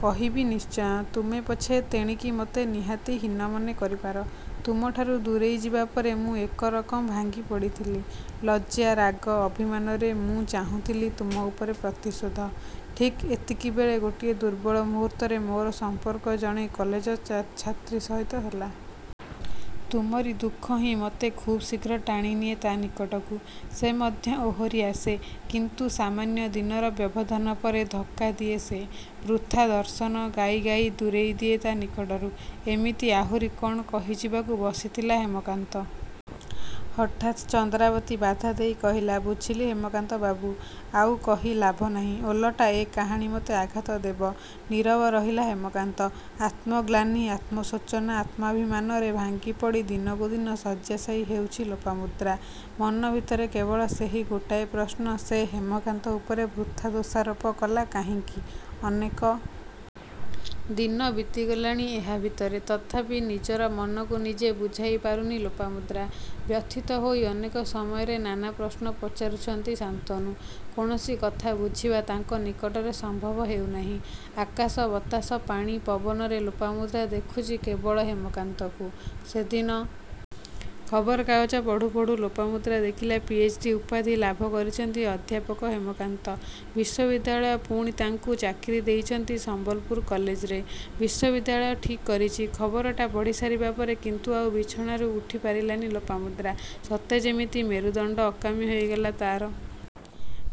“କହିବି ନିଶ୍ଚୟ। ତୁମେ ପଛେ ତେଣିକି ମୋତେ ନିହାତି ହୀନ ମନେ କରିପାର। ତୁମଠାରୁ ଦୂରେଇ ଯିବାପରେ ମୁଁ ଏକରକମ ଭାଙ୍ଗି ପଡ଼ିଥିଲି। ଲଜ୍ଜା, ରାଗ, ଅଭିମାନରେ ମୁଁ ଚାହୁଁଥିଲି ତୁମ ଉପରେ ପ୍ରତିଶୋଧ।” ଠିକ୍ ଏତିକିବେଳେ ଗୋଟିଏ ଦୁର୍ବଳ ମୁହୂର୍ତ୍ତରେ ମୋର ସମ୍ପର୍କ ଜଣେ କଲେଜ ଛାତ୍ରୀ ସହିତ ହେଲା। ତୁମରି ଦୁଃଖ ହିଁ ମୋତେ ଖୁବ୍ ଶୀଘ୍ର ଟାଣିନିଏ ତା' ନିକଟକୁ। ସେ ମଧ୍ୟ ଓହରି ଆସେ। କିନ୍ତୁ ସାମାନ୍ୟ ଦିନର ବ୍ୟବଧାନ ପରେ ଧକ୍କା ଦିଏ ସେ। ବୃଥା ଦର୍ଶନ ଗାଇ ଗାଇ ଦୂରେଇ ଦିଏ ତା' ନିକଟରୁ। ଏମିତି ଆହୁରି କ'ଣ କହିଯିବାକୁ ବସିଥିଲା ହେମକାନ୍ତ। ହଠାତ୍ ଚନ୍ଦ୍ରାବତୀ ବାଧା ଦେଇ କହିଲା ବୁଝିଲି ହେମକାନ୍ତ ବାବୁ ଆଉ କହି ଲାଭ ନାହିଁ। ଓଲଟା ଏ କାହାଣୀ ମୋତେ ଆଘାତ ଦେବ। ନୀରବ ରହିଲା ହେମକାନ୍ତ। ଆତ୍ମଗ୍ଳାନି, ଆତ୍ମଶୋଚନା, ଆତ୍ମାଭିମାନରେ ଭାଙ୍ଗିପଡ଼ି ଦିନକୁ ଦିନ ଶଯ୍ୟାଶାୟୀ ହେଉଛି ଲୋପାମୁଦ୍ରା। ମନ ଭିତରେ କେବଳ ସେହି ଗୋଟାଏ ପ୍ରଶ୍ନ ସେ ହେମକାନ୍ତ ଉପରେ ବୃଥା ଦୋଷାରୋପ କଲା କାହିଁକି? ଅନେକ ଦିନ ବିତିଗଲାଣି ଏହା ଭିତରେ। ତଥାପି ନିଜର ମନକୁ ନିଜେ ବୁଝାଇ ପାରୁନି ଲୋପାମୁଦ୍ରା। ବ୍ୟଥିତ ହୋଇ ଅନେକ ସମୟରେ ନାନା ପ୍ରଶ୍ନ ପଚାରୁଛନ୍ତି ଶାନ୍ତନୁ। କୌଣସି କଥା ବୁଝିବା ତାଙ୍କ ନିକଟରେ ସମ୍ଭବ ହେଉନାହିଁ। ଆକାଶ, ବତାସ, ପାଣି, ପବନରେ ଲୋପାମୁଦ୍ରା ଦେଖୁଛି କେବଳ ହେମକାନ୍ତକୁ। ସେଦିନ ଖବରକାଗଜ ପଢ଼ୁ ପଢ଼ୁ ଲୋପାମୁଦ୍ରା ଦେଖିଲା ପିଏଚ୍‌ଡି ଉପାଧି ଲାଭ କରିଛନ୍ତି ଅଧ୍ୟାପକ ହେମକାନ୍ତ। ବିଶ୍ୱବିଦ୍ୟାଳୟ ପୁଣି ତାଙ୍କୁ ଚାକିରି ଦେଇଛନ୍ତି ସମ୍ବଲପୁର କଲେଜରେ। ବିଶ୍ୱବିଦ୍ୟାଳୟ ଠିକ୍ କରିଛି। ଖବରଟା ପଢ଼ିସାରିବା ପରେ କିନ୍ତୁ ଆଉ ବିଛଣାରୁ ଉଠି ପାରିଲାନି ଲୋପାମୁଦ୍ରା। ସତେ ଯେମିତି ମେରୁଦଣ୍ଡ ଅକାମୀ ହୋଇଗଲା ତା'ର।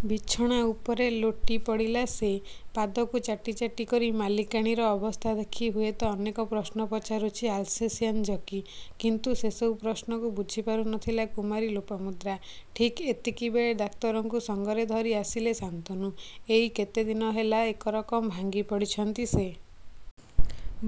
ବିଛଣା ଉପରେ ଲୋଟି ପଡ଼ିଲା ସେ। ପାଦକୁ ଚାଟି ଚାଟି କରି ମାଲିକାଣୀର ଅବସ୍ଥା ଦେଖି ହୁଏତ ଅନେକ ପ୍ରଶ୍ନ ପଚାରୁଛି ଆଲ୍ସେସିଆନ୍ ଜକି। କିନ୍ତୁ ସେସବୁ ପ୍ରଶ୍ନକୁ ବୁଝିପାରୁ ନ ଥିଲା କୁମାରୀ ଲୋପାମୁଦ୍ରା। ଠିକ୍ ଏତିକିବେଳେ ଡାକ୍ତରଙ୍କୁ ସଙ୍ଗରେ ଧରି ଆସିଲେ ଶାନ୍ତନୁ। ଏଇ କେତେ ଦିନ ହେଲା ଏକରକମ ଭାଙ୍ଗି ପଡ଼ିଛନ୍ତି ସେ।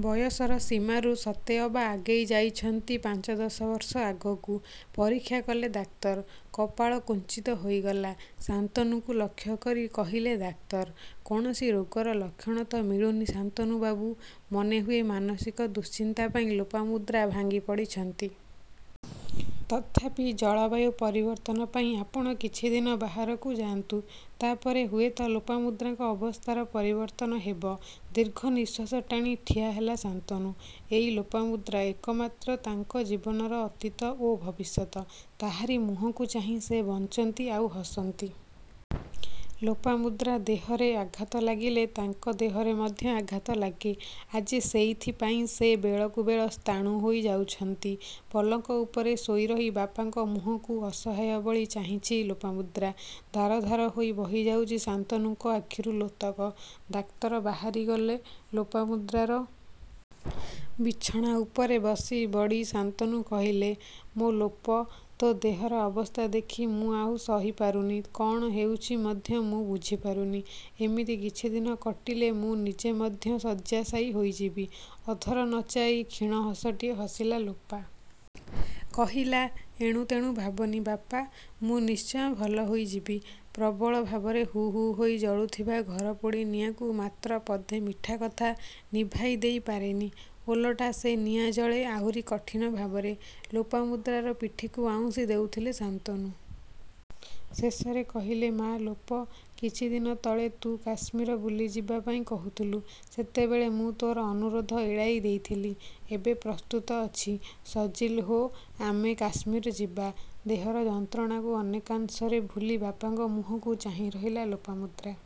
ବୟସର ସୀମାରୁ ସତେ ଅବା ଆଗେଇ ଯାଇଛନ୍ତି ପାଞ୍ଚ-ଦଶ ବର୍ଷ ଆଗକୁ। ପରୀକ୍ଷା କଲେ ଡାକ୍ତର। କପାଳ କୁଞ୍ଚିତ ହୋଇଗଲା। ଶାନ୍ତନୁଙ୍କୁ ଲକ୍ଷ୍ୟ କରି କହିଲେ ଡାକ୍ତର କୌଣସି ରୋଗର ଲକ୍ଷଣ ତ ମିଳୁନି, ଶାନ୍ତନୁ ବାବୁ ମନେହୁଏ ମାନସିକ ଦୁଶ୍ଚିନ୍ତା ପାଇଁ ଲୋପାମୁଦ୍ରା ଭାଙ୍ଗି ପଡ଼ିଛନ୍ତି। ତଥାପି ଜଳବାୟୁ ପରିବର୍ତ୍ତନ ପାଇଁ ଆପଣ କିଛିଦିନ ବାହାରକୁ ଯାଆନ୍ତୁ। ତା' ପରେ ହୁଏତ ଲୋପାମୁଦ୍ରାଙ୍କ ଅବସ୍ଥାର ପରିବର୍ତ୍ତନ ହେବ। ଦୀର୍ଘ ନିଃଶ୍ୱାସ ଟାଣି ଠିଆ ହେଲା ଶାନ୍ତନୁ। ଏଇ ଲୋପାମୁଦ୍ରା, ଏକମାତ୍ର ତାଙ୍କ ଜୀବନର ଅତୀତ ଓ ଭବିଷ୍ୟତ। ତାହାରି ମୁହଁକୁ ଚାହିଁ ସେ ବଞ୍ଚନ୍ତି ଆଉ ହସନ୍ତି। ଲୋପାମୁଦ୍ରା ଦେହରେ ଆଘାତ ଲାଗିଲେ ତାଙ୍କ ଦେହରେ ମଧ୍ୟ ଆଘାତ ଲାଗେ। ଆଜି ସେଇଥିପାଇଁ ସେ ବେଳକୁ ବେଳ ସ୍ଥାଣୁ ହୋଇ ଯାଉଛନ୍ତି। ପଲଙ୍କ ଉପରେ ଶୋଇରହି ବାପାଙ୍କ ମୁହଁକୁ ଅସହାୟ ଭଳି ଚାହିଁଛି ଲୋପାମୁଦ୍ରା। ଧାର ଧାର ହୋଇ ବହିଯାଉଛି ଶାନ୍ତନୁଙ୍କ ଆଖିରୁ ଲୋତକ। ଡାକ୍ତର ବାହାରି ଗଲେ। ଲୋପାମୁଦ୍ରାର ବିଛଣା ଉପରେ ବସି ବଡ଼ି ଶାନ୍ତନୁ କହିଲେ ମୋ ଲୋପ ତୋ ଦେହର ଅବସ୍ଥା ଦେଖି ମୁଁ ଆଉ ସହି ପାରୁନି। କ'ଣ ହେଉଛି ମଧ୍ୟ ମୁଁ ବୁଝି ପାରୁନି। ଏମିତି କିଛିଦିନ କଟିଲେ ମୁଁ ନିଜେ ମଧ୍ୟ ଶଯ୍ୟାଶାୟୀ ହୋଇଯିବି। ଅଧର ନଚାଇ କ୍ଷୀଣ ହସଟିଏ ହସିଲା ଲୋପା। କହିଲା ଏଣୁ ତେଣୁ ଭାବନି, ବାପା ମୁଁ ନିଶ୍ଚୟ ଭଲ ହୋଇଯିବି। ପ୍ରବଳ ଭାବରେ ହୁ ହୁ ହୋଇ ଜଳୁଥିବା ଘରପୋଡ଼ି ନିଆଁକୁ ମାତ୍ର ପଦେ ମିଠା କଥା ନିଭାଇ ଦେଇ ପାରେନି। ଓଲଟା, ସେ ନିଆଁ ଜଳେ ଆହୁରି କଠିନ ଭାବରେ। ଲୋପାମୁଦ୍ରାର ପିଠିକୁ ଆଉଁସି ଦେଉଥିଲେ ଶାନ୍ତନୁ। ଶେଷରେ କହିଲେ ମା ଲୋପ କିଛିଦିନ ତଳେ ତୁ କାଶ୍ମୀର ବୁଲିଯିବା ପାଇଁ କହୁଥିଲୁ। ସେତେବେଳେ ମୁଁ ତୋର ଅନୁରୋଧ ଏଡ଼ାଇ ଦେଇଥିଲି। ଏବେ ପ୍ରସ୍ତୁତ ଅଛି। ସଜିଲ୍ ହୋ... ଆମେ କାଶ୍ମୀର ଯିବା। ଦେହର ଯନ୍ତ୍ରଣାକୁ ଅନେକାଂଶରେ ଭୁଲି ବାପାଙ୍କ ମୁହଁକୁ ଚାହିଁ ରହିଲା ଲୋପାମୁଦ୍ରା।